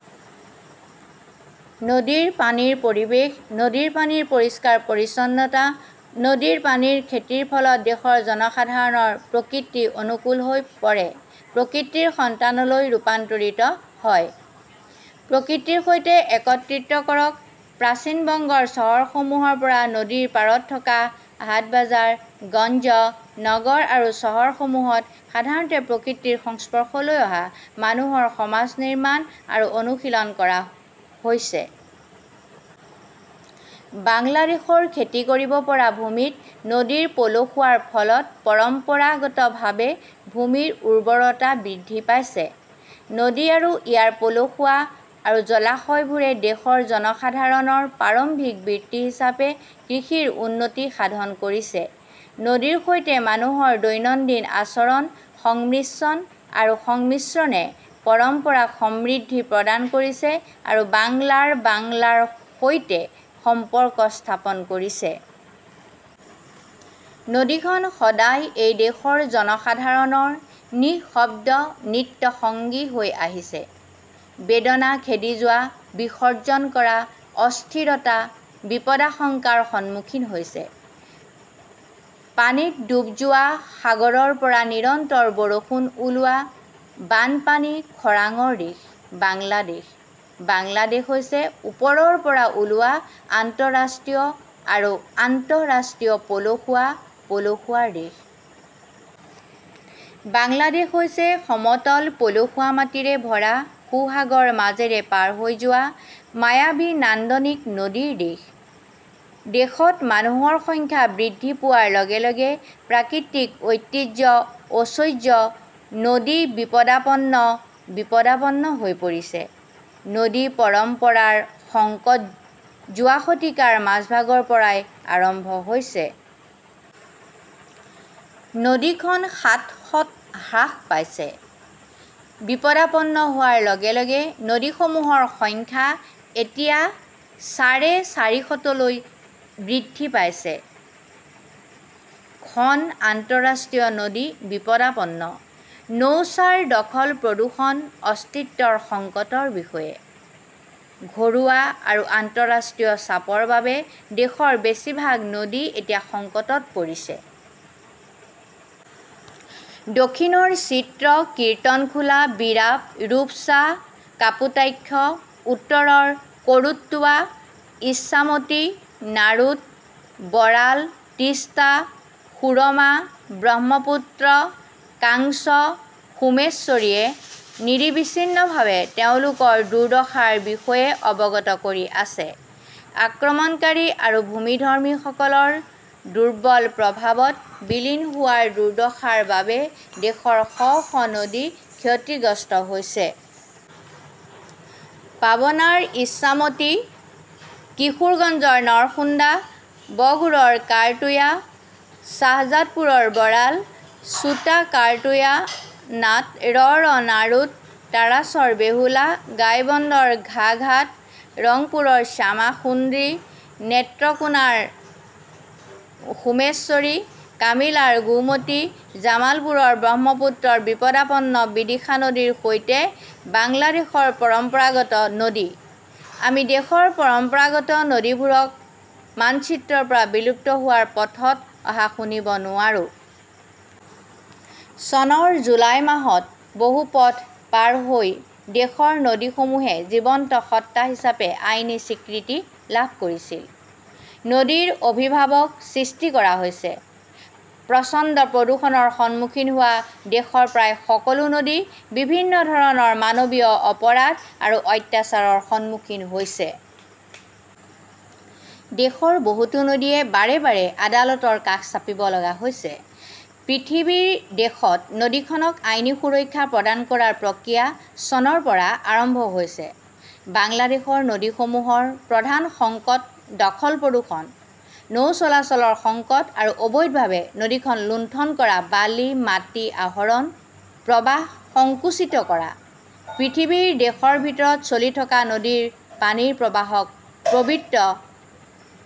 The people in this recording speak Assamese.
নদীৰ পানীৰ প্ৰৱেশ, নদীৰ পানীৰ পৰিষ্কাৰ-পৰিচ্ছন্নতা, নদীৰ পানীৰ খেতিৰ ফলত দেশৰ জনসাধাৰণ প্ৰকৃতি-অনুকূল হৈ পৰে, প্ৰকৃতিৰ সন্তানলৈ ৰূপান্তৰিত হয়। প্ৰকৃতিৰ সৈতে একত্ৰিত কৰক। প্ৰাচীন বংগৰ চহৰসমূহৰ পৰা নদীৰ পাৰত থকা হাটবাজাৰ, গঞ্জ, নগৰ আৰু চহৰসমূহত সাধাৰণতে প্ৰকৃতিৰ সংস্পৰ্শলৈ অহা মানুহৰ সমাজ নিৰ্মাণ আৰু অনুশীলন কৰা হৈছে। বাংলাদেশৰ খেতি কৰিব পৰা ভূমিত নদীৰ পলসুৱাৰ ফলত পৰম্পৰাগতভাৱে ভূমিৰ উৰ্বৰতা বৃদ্ধি পাইছে। নদী আৰু ইয়াৰ পলসুৱা আৰু জলাশয়বোৰে দেশৰ জনসাধাৰণৰ প্ৰাৰম্ভিক বৃত্তি হিচাপে কৃষিৰ উন্নতি সাধন কৰিছে। নদীৰ সৈতে মানুহৰ দৈনন্দিন আচৰণ, সংমিশ্ৰণ আৰু সংমিশ্ৰণে পৰম্পৰাক সমৃদ্ধি প্ৰদান কৰিছে আৰু বাংলাৰ বাংলাৰ সৈতে সম্পৰ্ক স্থাপন কৰিছে। নদীখন সদায় এই দেশৰ জনসাধাৰণৰ নিঃশব্দ নিত্য সঙ্গী হৈ আহিছে, বেদনা, খেদি যোৱা, বিসৰ্জন কৰা, অস্থিৰতা, বিপদাশংকাৰ সন্মুখীন হৈছে। পানীত ডুব যোৱা, সাগৰৰ পৰা নিৰন্তৰ বৰষুণ ওলোৱা, বানপানী-খৰাংৰ দেশ বাংলাদেশ। বাংলাদেশ হৈছে ওপৰৰ পৰা ওলোৱা আন্তঃৰাষ্ট্ৰীয় আৰু আন্তঃৰাষ্ট্ৰীয় পলসুৱা, পলসুৱাৰ দেশ। বাংলাদেশ হৈছে সমতল পলসুৱা মাটিৰে ভৰা সোহাগৰ মাজেৰে পাৰ হৈ যোৱা মায়াবী নান্দনিক নদীৰ দেশ। দেশত মানুহৰ সংখ্যা বৃদ্ধি পোৱাৰ লগে লগে প্ৰাকৃতিক ঐতিহ্য-ঐশ্বৰ্য নদী বিপদাপন্ন, বিপদাপন্ন হৈ পৰিছে। নদী-পৰম্পৰাৰ সংকট যোৱা শতিকাৰ মাজভাগৰ পৰাই আৰম্ভ হৈছে। নদীখন সাতশত হ্ৰাস পাইছে। বিপদাপন্ন হোৱাৰ লগে লগে নদীসমূহৰ সংখ্যা এতিয়া চাৰে চাৰিশতলৈ বৃদ্ধি পাইছে। খন আন্তঃৰাষ্ট্ৰীয় নদী বিপদাপন্ন। নৌচাৰ, দখল-প্ৰদূষণ, অস্তিত্বৰ সংকটৰ বিষয়ে। ঘৰুৱা আৰু আন্তঃৰাষ্ট্ৰীয় চাপৰ বাবে দেশৰ বেছিভাগ নদী এতিয়া সংকটত পৰিছে। দক্ষিণৰ চিত্ৰ, কীৰ্তনখোলা, বীৰাব, ৰূপসা, কাপুটাক্ষ; উত্তৰৰ কৰোট্টোৱা, ইছামতি, নাৰোড, বৰাল, তিষ্টা, সুৰমা, ব্ৰহ্মপুত্ৰ, কাংছ, সোমেশ্বৰীয়ে নিৰবিচ্ছিন্নভাৱে তেওঁলোকৰ দুৰ্দশাৰ বিষয়ে অৱগত কৰি আছে। আক্ৰমণকাৰী আৰু ভূমিধৰ্মীসকলৰ দুৰ্বল প্ৰভাৱত বিলীন হোৱাৰ দুৰ্দশাৰ বাবে দেশৰ শ শ নদী ক্ষতিগ্ৰস্ত হৈছে। পাবনাৰ ইছামতী, কিশোৰগঞ্জৰ নৰসুন্দা, বগুড়ৰ কাৰতোয়া, শ্বাহজাদপুৰৰ বৰাল, ছোটা কাৰতোয়া, নাট 'ৰৰ নাৰোড, তাৰাছৰ বেহুলা, গাইবন্দৰ ঘাঘাট, ৰংপুৰৰ শ্যামাসুন্দ্ৰী, নেত্ৰকোনাৰ সোমেশ্বৰী, কামিলাৰ গোমতী, জামালপুৰৰ ব্ৰহ্মপুত্ৰৰ বিপদাপন্ন বিদিশা নদীৰ সৈতে বাংলাদেশৰ পৰম্পৰাগত নদী। আমি দেশৰ পৰম্পৰাগত নদীবোৰক মানচিত্ৰৰ পৰা বিলুপ্ত হোৱাৰ পথত অহা শুনিব নোৱাৰো। চনৰ জুলাই মাহত বহু পথ পাৰ হৈ দেশৰ নদীসমূহে জীৱন্ত সত্তা হিচাপে আইনী স্বীকৃতি লাভ কৰিছিল। নদীৰ অভিভাৱক সৃষ্টি কৰা হৈছে। প্ৰচণ্ড প্ৰদূষণৰ সন্মুখীন হোৱা দেশৰ প্ৰায় সকলো নদী বিভিন্ন ধৰণৰ মানৱীয় অপৰাধ আৰু অত্যাচাৰৰ সন্মুখীন হৈছে। দেশৰ বহুতো নদীয়ে বাৰে বাৰে আদালতৰ কাষ চাপিব লগা হৈছে। পৃথিৱীৰ দেশত নদীখনক আইনী সুৰক্ষা প্ৰদান কৰাৰ প্ৰক্ৰিয়া চনৰ পৰা আৰম্ভ হৈছে। বাংলাদেশৰ নদীসমূহৰ প্ৰধান সংকট দখল, প্ৰদূষণ, নৌ চলাচলৰ সংকট আৰু অবৈধভাৱে নদীখন লুণ্ঠন কৰা বালি, মাটি আহৰণ, প্ৰৱাহ সংকুচিত কৰা। পৃথিৱীৰ দেশৰ ভিতৰত, চলি থকা নদীৰ পানীৰ প্ৰবাহক পবিত্ৰ